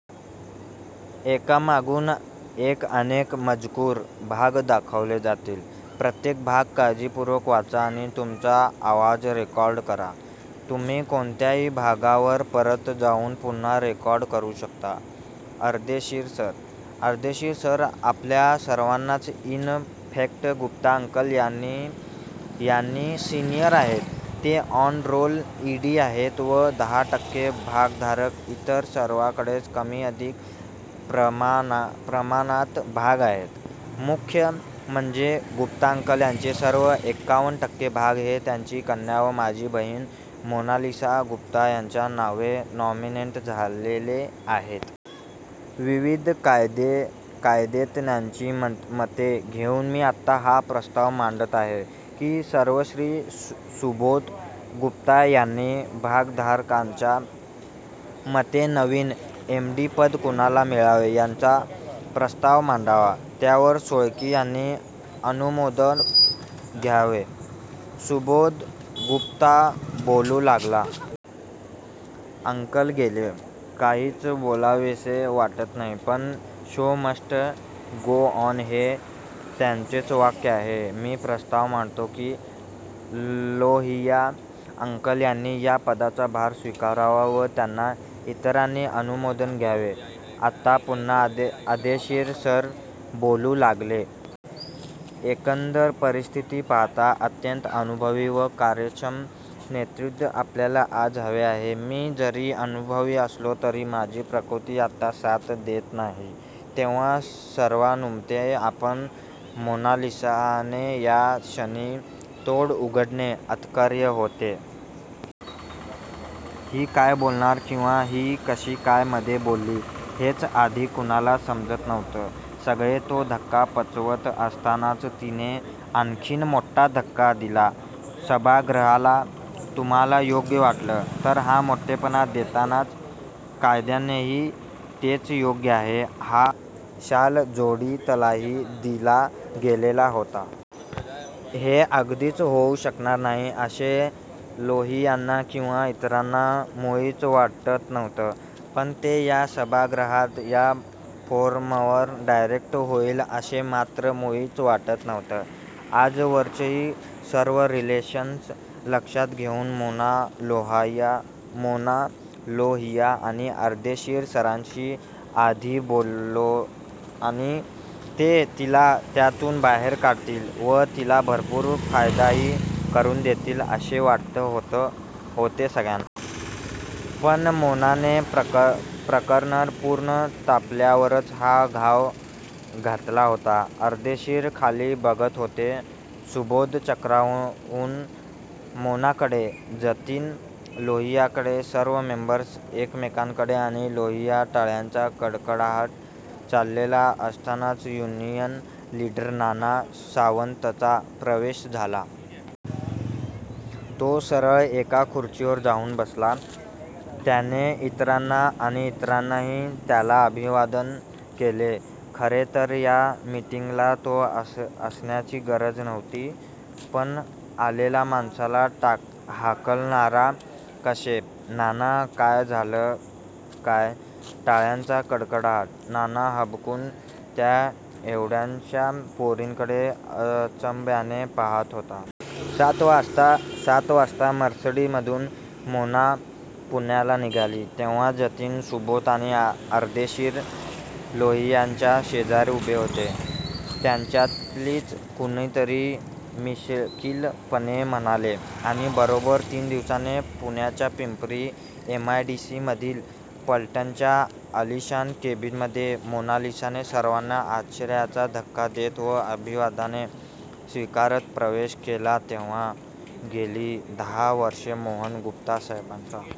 Ardeshir sir! Ardeshir sir आपल्या सर्वांनाच, in fact Gupta uncle यांनाही सिनियर आहेत. ते ऑन रोल ई. डी. आहेत व दहा टक्के भागधारक! इतर सर्वांकडेच कमीअधिक प्रमाणात भाग आहेत. मुख्य म्हणजे, गुप्ता अंकल यांचे सर्व एक्कावन टक्के भाग हे त्यांची कन्या व माझी बहीण मोनालिसा गुप्ता यांच्या नावे नॉमिनेट झालेले आहेत। विविध कायदेतज्ञांची मते घेऊन मी आता हा प्रस्ताव मांडत आहे. की सर्वश्री सुबोध गुप्ता यांनी भागधारकांच्या मते नवीन एम. डी. पद कुणाला मिळावे याचा प्रस्ताव मांडावा. त्यावर सोळंकी यांनी अनुमोदन द्यावे. सुबोध गुप्ता बोलू लागला. " अंकल गेले.. काहीच बोलावेसे वाटत नाही. पण, शो मस्ट गो ऑन, हे त्यांचेच वाक्य आहे. मी प्रस्ताव मांडतो की.. लोहिया अंकल यांनी या पदाचा भार स्वीकारावा व त्यांना इतरांनी अनुमोदन द्यावे. " आता पुन्हा अर्देशीर सर बोलू लागले. "एकंदर परिस्थिती पाहता, अत्यंत अनुभवी व कार्यक्षम नेतृत्व आपल्याला आज हवे आहे.. मी जरी अनुभवी असलो तरी माझी प्रकृती आता साथ देत नाही. तेव्हा सर्वानुमते आपण " मोनालिसाने या क्षणी तोंड उघडणे अतर्क्य होते. ही काय बोलणार किंवा ही कशी काय मधे बोलली हेच आधी कुणाला समजत नव्हते. सगळे तो धक्का पचवत असतानाच तिने आणखीन मोठा धक्का दिला सभागृहाला. 'तुम्हाला योग्य वाटलं' तर हा मोठेपणा देतानाच 'कायद्यानेही तेच योग्य आहे' हा शालजोडीतलाही दिला गेलेला होता. 'हे' अगदीच होऊ शकणार नाही असे लोहियांना किंवा इतरांना मुळीच वाटत नव्हते. पण ते या सभागृहात, या फोरमवर डायरेक्ट होईल असे मात्र मुळीच वाटत नव्हते. आजवरची सर्व रिलेशन्स लक्षात घेऊन मोना लोहिया आणि अर्देशीर सरांशी आधी बोलेल आणि ते तिला त्यातून बाहेर काढतील व तिला भरपूर फायदाही करून देतील असे वाटत होते सगळ्यांना! पण! मोनाने प्रकरण पूर्ण तापल्यावरच हा घाव घातला होता. अर्देशीर खाली बघत होते. सुबोध चक्रावून मोनाकडे! जतीन लोहियांकडे सर्व मेंबर्स एकमेकांकडे ,आणि लोहिया टाळ्यांचा कडकडाट चाललेला असतानाच युनियन लीडर नाना सावंतचा प्रवेश झाला. तो सरळ एका खुर्चीवर जाऊन बसला. त्याने इतरांना आणि इतरांनीही त्याला अभिवादन केले. खरे तर या मीटिंगला तो असण्याची गरजच नव्हती. पण आलेल्या माणसाला हाकलणार कसे? नाना काय झालं काय? टाळ्यांचा कडकडाट? नाना हबकून त्या 'एवढ्याश्या' पोरीकडे अचंब्याने पाहात होता. सात वाजता मर्सिडिझमधून मोना पुण्याला निघाली तेव्हा जतीन, सुबोध आणि अर्देशीर लोहियांच्या शेजारी उभे होते. त्यांच्यातीलच कुणीतरी मिश्कीलपणे म्हणाले. आणि बरोब्बर तीन दिवसांनी पुण्याच्या Pimpri M I D C मधील प्लॅन्टच्या आलिशान केबीनमध्ये मोनालिसाने सर्वांना आश्चर्याचा धक्का देत व अभिवादने स्वीकारत प्रवेश केला तेव्हा गेली दहा वर्षे मोहन गुप्तासाहेबांचा.